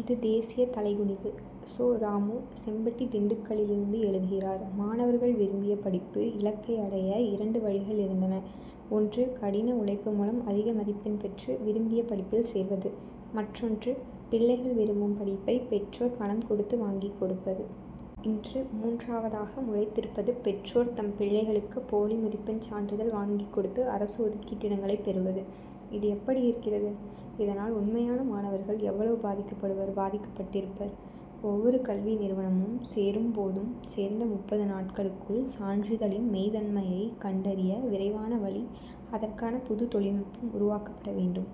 இது தேசிய தலைகுனிவு! சோ. ராமு, செம்பட்டி, திண்டுக்கலிலிருந்து எழுதுகிறார் மாணவர்கள் விரும்பிய படிப்பு இலக்கை அடைய, இரண்டு வழிகள் இருந்தன. ஒன்று, கடின உழைப்பு மூலம் அதிக மதிப்பெண் பெற்று, விரும்பிய படிப்பில் சேர்வது, மற்றொன்று, பிள்ளைகள் விரும்பும் படிப்பை, பெற்றோர் பணம் கொடுத்து வாங்கிக் கொடுப்பது. இன்று மூன்றாவதாக முளைத்திருப்பது, பெற்றோர் தம் பிள்ளைகளுக்கு போலி மதிப்பெண் சான்றிதழ் வாங்கிக் கொடுத்து, அரசு ஒதுக்கீட்டு இடங்களைப் பெறுவது. இது எப்படி இருக்கிறது? இதனால், உண்மையான மாணவர்கள் எவ்வளவு பாதிக்கப்படுவர், பாதிக்கப்பட்டிருப்பர். ஒவ்வொரு கல்வி நிறுவனமும், சேரும் போதும், சேர்ந்த முப்பது நாட்களுக்குள், சான்றிதழின் மெய்தன்மையை கண்டறிய விரைவான வழி, அதற்கான புது தொழில்நுட்பம் உருவாக்கப்பட வேண்டும்.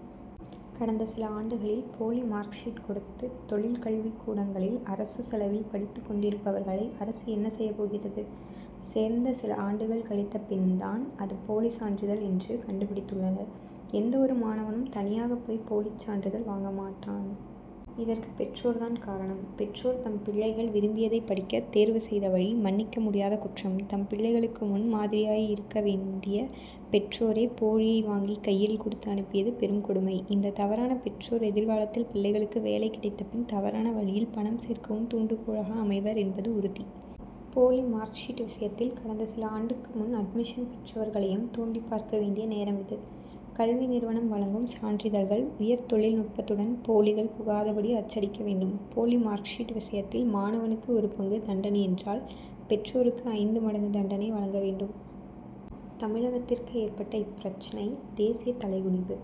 கடந்த சில ஆண்டுகளில், போலி மார்க் ஷீட் கொடுத்து, தொழில் கல்விக் கூடங்களில் அரசு செலவில் படித்துக் கொண்டிருப்பவர்களை, அரசு என்ன செய்யப் போகிறது? சேர்ந்த சில ஆண்டுகள் கழித்த பின் தான், அது போலி சான்றிதழ் என்று கண்டுபிடித்துள்ளனர். எந்தவொரு மாணவனும், தனியாகப் போய் போலிச் சான்றிதழ் வாங்க மாட்டான். இதற்கு பெற்றோர் தான் காரணம். பெற்றோர் தம் பிள்ளைகள் விரும்பியதைப் படிக்க தேர்வு செய்த வழி, மன்னிக்க முடியாத குற்றம். தம் பிள்ளைகளுக்கு முன் மாதிரியாய் இருக்க வேண்டிய பெற்றோரே, போலியை வாங்கி கையில் கொடுத்து அனுப்பியது பெரும் கொடுமை. இந்த தவறான பெற்றோர், எதிர்காலத்தில் பிள்ளைகளுக்கு வேலை கிடைத்த பின், தவறான வழியில் பணம் சேர்க்கவும் தூண்டுகோலாக அமைவர் என்பது உறுதி. போலி மார்க் ஷீட் விஷயத்தில், கடந்த சில ஆண்டுக்கு முன் அட்மிஷன் பெற்றவர்களையும் தோண்டிப் பார்க்க வேண்டிய நேரம் இது. கல்வி நிறுவனம் வழங்கும் சான்றிதழ்கள், உயர் தொழில் நுட்பத்துடன், போலிகள் புகாதபடி அச்சடிக்க வேண்டும். போலி மார்க் ஷீட் விஷயத்தில், மாணவனுக்கு ஒரு பங்கு தண்டனையென்றால், பெற்றோருக்கு ஐந்து மடங்கு தண்டனை வழங்க வேண்டும். தமிழகத்திற்கு ஏற்பட்ட இப்பிரச்னை, தேசிய தலைகுனிவு.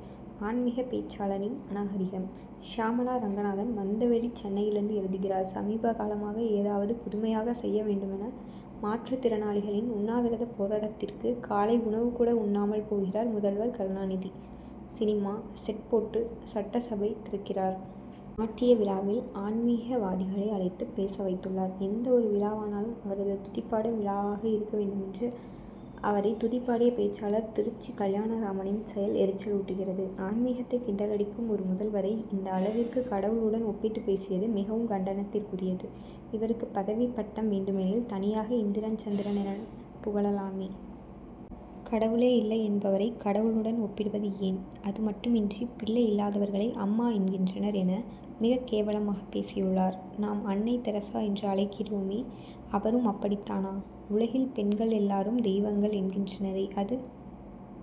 ஆன்மிக பேச்சாளரின் அநாகரிகம்! சியாமளா ரங்கநாதன், மந்தைவெளி, சென்னையிலிருந்து எழுதுகிறார் சமீபகாலமாக, ஏதாவது புதுமையாக செய்ய வேண்டுமென, மாற்றுத் திறனாளிகளின் உண்ணாவிரத போராட்டத்திற்கு, காலை உணவுக்கூட உண்ணாமல் போகிறார் முதல்வர் கருணாநிதி. சினிமா, செட் போட்டு சட்டசபை திறக்கிறார். நாட்டிய விழாவில், ஆன்மிகவாதிகளை அழைத்து பேச வைத்துள்ளார். எந்த ஒரு விழாவானாலும், அவரது துதிபாடும் விழாவாக இருக்க வேண்டுமென்று, அவரை துதிபாடிய பேச்சாளர் திருச்சி கல்யாணராமனின் செயல் எரிச்சலூட்டுகிறது. ஆன்மிகத்தை கிண்டலடிக்கும் ஒரு முதல்வரை, இந்த அளவிற்கு கடவுளுடன் ஒப்பிட்டு பேசியது, மிகவும் கண்டனத்திற்குரியது. இவருக்கு பதவி, பட்டம் வேண்டுமெனில், தனியாக இந்திரன், சந்திரன் எனப் புகழலாமே! கடவுளே இல்லை என்பவரை, கடவுளுடன் ஒப்பிடுவது ஏன்? அது மட்டுமின்றி, பிள்ளை இல்லாதவர்களை அம்மா என்கின்றனர் என, மிக கேவலமாக பேசியுள்ளார். நாம், அன்னை தெரசா என்று அழைக்கிறோமே, அவரும் அப்படித் தானா? உலகில் பெண்கள் எல்லாரும் தெய்வங்கள் என்கின்றனரே, அது